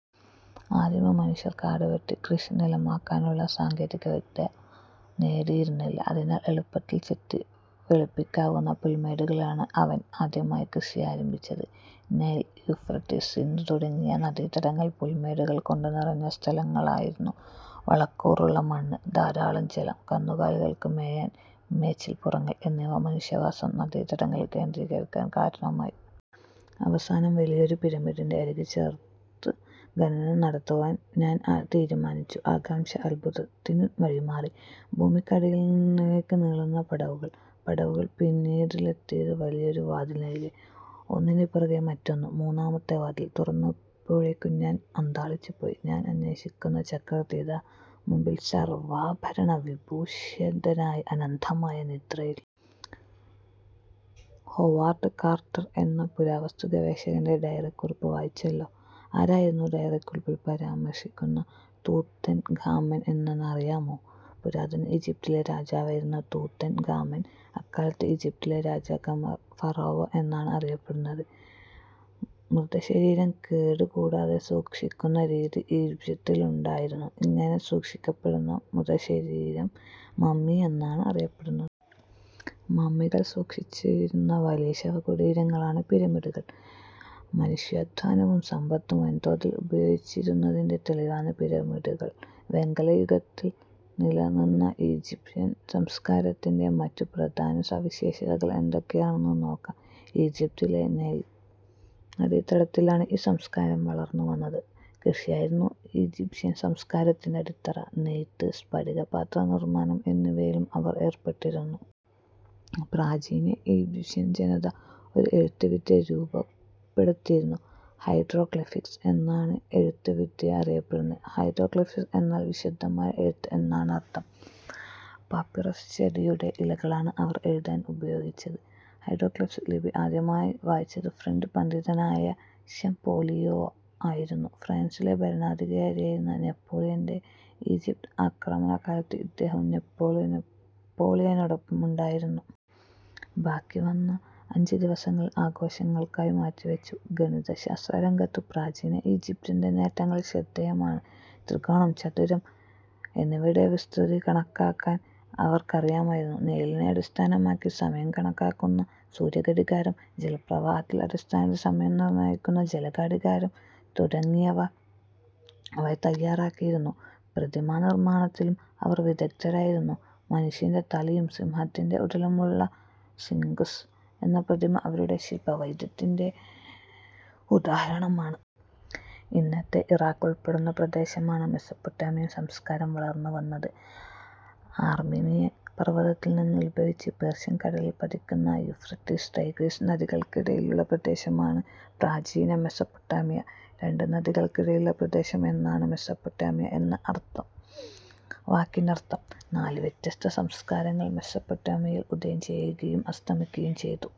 ആദിമമനുഷ്യൻ കാടുവെട്ടി കൃഷിനിലമാക്കാനുള്ള സാങ്കേതികവിദ്യ നേടിയിരുന്നില്ല. അതിനാൽ എളുപ്പത്തിൽ ചെത്തി വെളിപ്പിക്കാവുന്ന പുൽമേടുകളിലാണ് അവൻ ആദ്യമായി കൃഷിയാരംഭിച്ചത്. നൈൽ, യൂഫ്രട്ടീസ്, സിന്ധു തുടങ്ങിയ നദീതടങ്ങൾ പുൽമേടുകൾ കൊണ്ടുനിറഞ്ഞ സ്ഥലങ്ങളായിരുന്നു. വളക്കൂറുള്ള മണ്ണ്, ധാരാളം ജലം, കന്നുകാലികൾക്ക് മേയാൻ മേച്ചിൽപ്പുറങ്ങൾ എന്നിവ മനുഷ്യവാസം നദീതടങ്ങളിൽ കേന്ദ്രീകരിക്കാൻ കാരണമായി. അവസാനം വലിയൊരു പിരമിഡിന്റെ അരികു ചേർന്ന് ഖനനം നടത്തുവാൻ ഞാൻ തീരുമാനിച്ചു. ആകാംക്ഷ അത്ഭുതത്തിനു വഴിമാറി. ഭൂമിക്കടിയിലേക്ക് നീളുന്ന പടവുകൾ. പടവുകൾ പിന്നിട്ടെത്തിയത് വലിയൊരു വാതിലിനരികെ. ഒന്നിനുപിറകെ മറ്റൊന്ന്. മൂന്നാമത്തെ വാതിൽ തുറന്നപ്പോഴേക്കും ഞാൻ അന്ധാളിച്ചുപോയി. ഞാൻ അന്വേഷിക്കുന്ന ചക്രവർത്തി ഇതാ മുമ്പിൽ സർവ്വാഭരണ വിഭൂഷിതനായി അനന്തമായ നിദ്രയിൽ.. ഹൊവാർഡ് കാർട്ടർ എന്ന പുരാവസ്തു ഗവേഷകന്റെ ഡയറിക്കുറിപ്പ് വായിച്ചല്ലോ. ആരായിരുന്നു ഡയറിക്കുറിപ്പിൽ പരാമർശിക്കുന്ന തൂത്തൻഖാമൻ എന്നറിയാമോ? പുരാതന ഈജിപ്തിലെ രാജാവായിരുന്നു തൂത്തൻഖാമൻ. അക്കാലത്ത് ഈജിപ്തിലെ രാജാക്കന്മാർ ഫറോവ എന്നാണ് അറിയപ്പെട്ടിരുന്നത്. മൃതശരീരം കേടു കൂടാതെ സൂക്ഷിക്കുന്ന രീതി ഈജിപ്തിലുണ്ടായിരുന്നു. ഇങ്ങനെ സൂക്ഷിക്കപ്പെട്ട മൃതശരീരം മമ്മി എന്നാണ് അറിയപ്പെടുന്നത്. മമ്മികൾ സൂക്ഷിച്ചിരുന്ന വലിയ ശവകുടീരങ്ങളാണ് പിരമിഡുകൾ. മനുഷ്യാധ്വാനവും സമ്പത്തും വൻതോതിൽ ഉപയോഗിച്ചിരുന്നതിന്റെ തെളിവാണ് പിരമിഡുകൾ വെങ്കല യുഗത്തിൽ നില നിന്ന ഈജിപ്ഷ്യൻ സംസ്കാരത്തിന്റെ മറ്റ് പ്രധാന സവിശേഷതകൾ എന്തൊക്കെയാണെന്ന് നോക്കാം. ഈജിപ്തിലെ നൈൽ നദീതടത്തിലാണ് ഈ സംസ്കാരം വളർന്നുവന്നത്. കൃഷിയായിരുന്നു ഈജിപ്ഷ്യൻ സംസ്കാരത്തിന്റെ അടിത്തറ. നെയ്ത്ത്, സ്ഫടിക പാത്ര നിർമ്മാണം എന്നിവയിലും അവർ ഏർപ്പെട്ടിരുന്നു. പ്രാചീന ഈജിപ്ഷ്യൻ ജനത ഒരു എഴുത്തുവിദ്യ രൂപപ്പെടുത്തിയിരുന്നു. ഹൈറോഗ്ലിഫിക്സ് എന്നാണ് അവരുടെ എഴുത്തുവിദ്യ അറിയപ്പെടുന്നത്. ഹൈറോ ഗ്ലിഫിക്സ് എന്നാൽ വിശുദ്ധമായ എഴുത്ത് എന്നാണ് അർത്ഥം. പാപ്പിറസ് ചെടിയുടെ ഇലകളാണ് അവർ എഴുതാൻ ഉപയോഗിച്ചത്. ഹൈറോഗ്ലിഫിക്സ് ലിപി ആദ്യമായി വായിച്ചത് ഫ്രഞ്ചു പണ്ഡിതനായിരുന്ന ഷംപോലിയോ ആയിരുന്നു. ഫ്രാൻസിലെ ഭരണാധികാരിയായിരുന്ന നെപ്പോളിയന്റെ ഈജിപ്ത് ആക്രമണകാലത്ത് ഇദ്ദേഹവും നെപ്പോളിയനോടൊപ്പം ഉണ്ടായിരുന്നു. ബാക്കി വന്ന അഞ്ചുദിവസങ്ങൾ ആഘോഷങ്ങൾക്കായി മാറ്റിവച്ചിരുന്നു. ഗണിതശാസ്ത്രരംഗത്തും പ്രാചീന ഈജിപ്തിന്റെ നേട്ടങ്ങൾ ശ്രദ്ധേയമാണ്. ത്രികോണം, ചതുരം എന്നിവയുടെ വിസ്തൃതി കണക്കാക്കാൻ അവർക്കറിയാമായിരുന്നു. നിഴലിനെ അടിസ്ഥാനമാക്കി സമയം കണക്കാക്കുന്ന സൂര്യഘടികാരം, ജലപ്രവാഹത്തിന്റെ അടിസ്ഥാനത്തിൽ സമയം നിർണ്ണയിക്കുന്ന ജലഘടികാരം തുടങ്ങിയവ അവർ തയ്യാറാക്കിയിരുന്നു. പ്രതിമാനിർമാണത്തിലും അവർ വിദഗ്ധരായിരുന്നു. മനുഷ്യന്റെ തലയും സിംഹത്തിന്റെ ഉടലുമുള്ള സിംഗ്സ് എന്ന പ്രതിമ അവരുടെ ശില്പ വൈദഗ്ധ്യത്തിന് ഉദാഹരണമാണ്. ഇന്നത്തെ ഇറാഖ് ഉൾപ്പെടുന്ന പ്രദേശത്താണ് മെസൊപ്പൊട്ടാമിയൻ സംസ്കാരം വളർന്നുവന്നത്. ആർമീനിയൻ പർവ്വതത്തിൽനിന്ന് ഉത്ഭവിച്ച് പേർഷ്യൻ കടലിൽ പതിക്കുന്ന യൂഫ്രട്ടീസ്, ടൈഗ്രീസ് നദികൾക്കിടയിലുള്ള പ്രദേശമാണ് പ്രാചീന മെസൊപ്പൊട്ടാമിയ. രണ്ട് നദികൾക്കിടയിലുള്ള പ്രദേശം എന്നാണ് മെസൊപ്പൊട്ടാമിയ എന്ന വാക്കിനർത്ഥം. നാല് വ്യത്യസ്ത സംസ്കാരങ്ങൾ മെസൊപ്പൊട്ടാമിയയിൽ ഉദയം ചെയ്യുകയും അസ്തമിക്കുകയും ചെയ്തു.